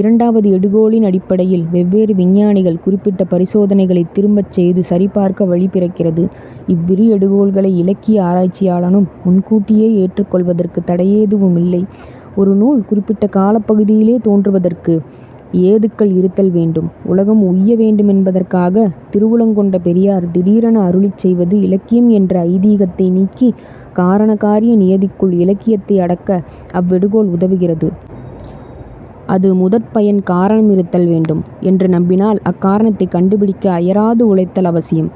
இரண்டாவது எடுகோளினடிப்படையில் வெவ்வேறு விஞ்ஞானிகள் குறிப்பிட்ட பரிசோதனைகளைத் திரும்பச்செய்து சரிபார்க்க வழி பிறக்கிறது. இவ்விரு எடுகோள்களை இலக்கிய ஆராய்ச்சியாளனும் முன்கூட்டியே ஏற்றுக் கொள்வதற்கு தடையெதுவுமில்லை. ஒரு நூல் குறிப்பிட்ட காலப்பகுதியிலே தோன்றுவதற்கு ஏதுக்கள் இருத்தல் வேண்டும். உலகம் உய்ய வேண்டுமென்பதற்காகத் திருவுளங் கொண்ட பெரியார் திடீரென அருளிச் செய்வது இலக்கியம் என்ற ஐதீகத்தை நீக்கி, காரண காரிய நியதிக்குள் இலக்கியத்தை அடக்க இவ்வெடுகோள் உதவுகிறது. அது முதற் பயன். காரணம் இருத்தல் வேண்டும் என்று நம்பினால் அக்காரணத்தைக் கண்டுபிடிக்க அயராது உழைத்தலவசியம்.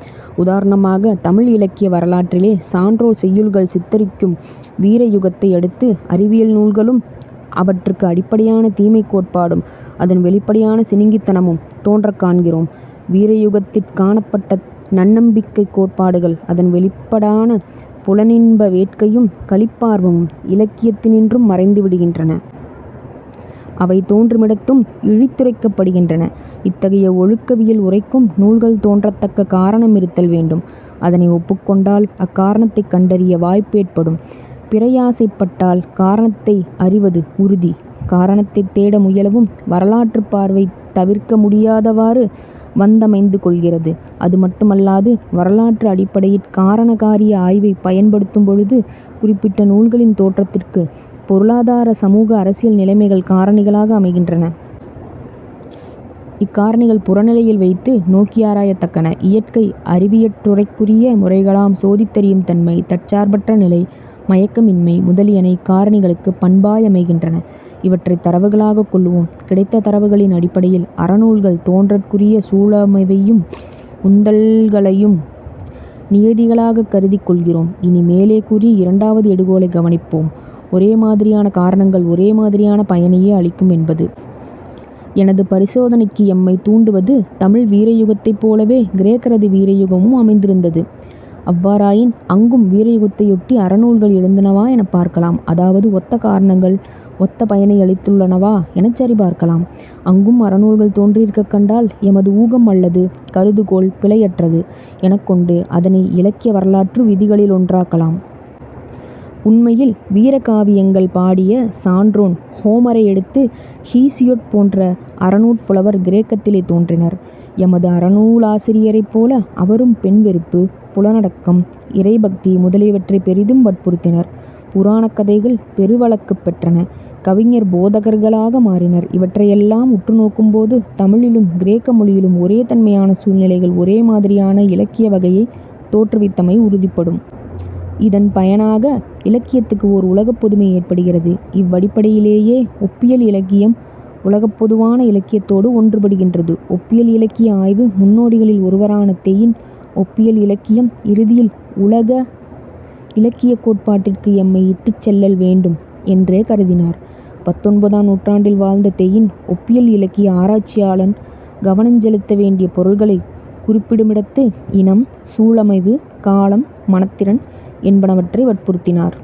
உதாரணமாகத் தமிழ் இலக்கிய வரலாற்றிலே சான்றோர் செய்யுள்கள் சித்திரிக்கும் வீரயுகத்தை யடுத்து, அறவியல் நூல்களும் அவற்றுக்கு அடிப்படையான தீமைக் கோட்பாடும் அதன் வௌிப்படையான சிணுங்கித்தனமும் தோன்றக் காண்கிறோம். வீரயுகத்திற் காணப்பட்ட நன்னம்பிக்கைக் கோட்பாடுகள் அதன் வௌிப்படான புலனின்ப வேட்கையும் களிப்பார்வமும் இலக்கியத்தினின்றும் மறைந்து விடுகின்றன. அவை தோன்றுமிடத்தும் இழித்துரைக்கப்படுகின்றன. இத்தகைய ஒழுக்கவியல் உரைக்கும் நூல்கள் தோன்றத்தக்க காரணம் இருத்தல் வேண்டும். அதனை ஒப்புக் கொண்டால் அக்காரணத்தைக் கண்டறிய வாய்ப்பேற்படும். பிரயாசைப் பட்டால் காரணத்தை அறிவது உறுதி. காரணத்தைத் தேட முயலவும் வரலாற்றுப் பார்வை தவிர்க்க முடியாதவாறு வந்தமைந்து கொள்கிறது. அது மட்டுமல்லாது வரலாற்று அடிப்படையிற் காரணகாரிய ஆய்வைப் பயன் படுத்தும்பொழுது குறிப்பிட்ட நூல்களின் தோற்றத்திற்குப் பொருளாதார சமூக அரசியல் நிலைமைகள் காரணிகளாக அமைகின்றன. இக் காரணிகள் புறநிலையில் வைத்து நோக்கியாராயத்தக்கன. இயற்கை அறிவியற்றுறைக்குரிய முறைகளாம் 'சோதித்தறியும் தன்மை,' 'தற்சார்பற்ற நிலை,' 'மயக்கமின்மை' முதலியன இக்காரணிகளுக்குப் பண்பாயமைகின்றன. இவற்றைத் தரவுகளாகக் கொள்ளுவோம். கிடைத்த தரவுகளின் அடிப்படையில் அற நூல்கள் தோன்றற்குரிய சூழமைவையும் உந்தல்களையும் நியதிகளாகக் கருதிக் கொள்கிறோம். இனி, மேலே கூறிய இரண்டாவது எடுகோளைக் கவனிப்போம்: ஒரே மாதிரியான காரணங்கள் ஒரே மாதிரியான பயனையே அளிக்கும் என்பது. எனது பரிசோதனைக்கு எம்மைத் தூண்டுவது தமிழ் வீரயுகத்தைப் போலவே கிரேக்கரது வீரயுகமும் அமைந்திருந்தது. அவ்வாறாயின் அங்கும் வீரயுகத்தையொட்டி அறநூல்கள் எழுந்தனவா எனப் பார்க்கலாம். அதாவது ஒத்த காரணங்கள் ஒத்த பயனையளித்துள்ளனவா எனச் சரிபார்க்கலாம். அங்கும் அறநூல்கள் தோன்றியிருக்கக் கண்டால் எமது ஊகம் அல்லது கருதுகோள் பிழையற்றது எனக் கொண்டு அதனை இலக்கிய வரலாற்று விதிகளிலொன்றாக்கலாம். உண்மையில் வீரகாவியங்கள் பாடிய சான்றோன் ஹோமரை யடுத்து ஹீசியொட் போன்ற அறநூற்புலவர் கிரேக்கத்திலே தோன்றினர். எமது அறநூலாசிரியரைப் போல அவரும் பெண் வெறுப்பு, புலனடக்கம், இறை பக்தி முதலியவற்றைப் பெரிதும் வற்புறுத்தினர்; புராணக் கதைகள் பெருவழக்குப் பெற்றன. கவிஞர் போதகர்களாக மாறினர். இவற்றையெல்லாம் உற்று நோக்கும் போது தமிழிலும் கிரேக்கமொழியிலும் ஒரே தன்மையான சூழ்நிலைகள் ஒரே மாதிரியான இலக்கிய வகையைத் தோற்றுவித்தமை உறுதிப்படும். இதன் பயனாக இலக்கியத்துக்கு ஓர் உலகப் பொதுமை ஏற்படுகிறது. இவ்வடிப்படையிலேயே ஒப்பியல் இலக்கியம் உலகப் பொதுவான இலக்கியத்தோடு ஒன்றுபடுகின்றது. ஒப்பியல் இலக்கிய ஆய்வு முன்னோடிகளில் ஒருவரான தெயின், ஒப்பியல் இலக்கியம் இறுதியில் உலக இலக்கியக் கோட்பாட்டிற்கு எம்மை இட்டுச் செல்லல் வேண்டும் என்றே கருதினார். பத்தொன்பதாம் நூற்றாண்டில் வாழ்ந்த தெயின், ஒப்பியல் இலக்கிய ஆராய்ச்சியாளன் கவனஞ் செலுத்த வேண்டிய பொருள்களைக் குறிப்பிடுமிடத்து, இனம், சூழமைவு, காலம், மனத்திறன் என்பனவற்றை வற்புறுத்தினார்.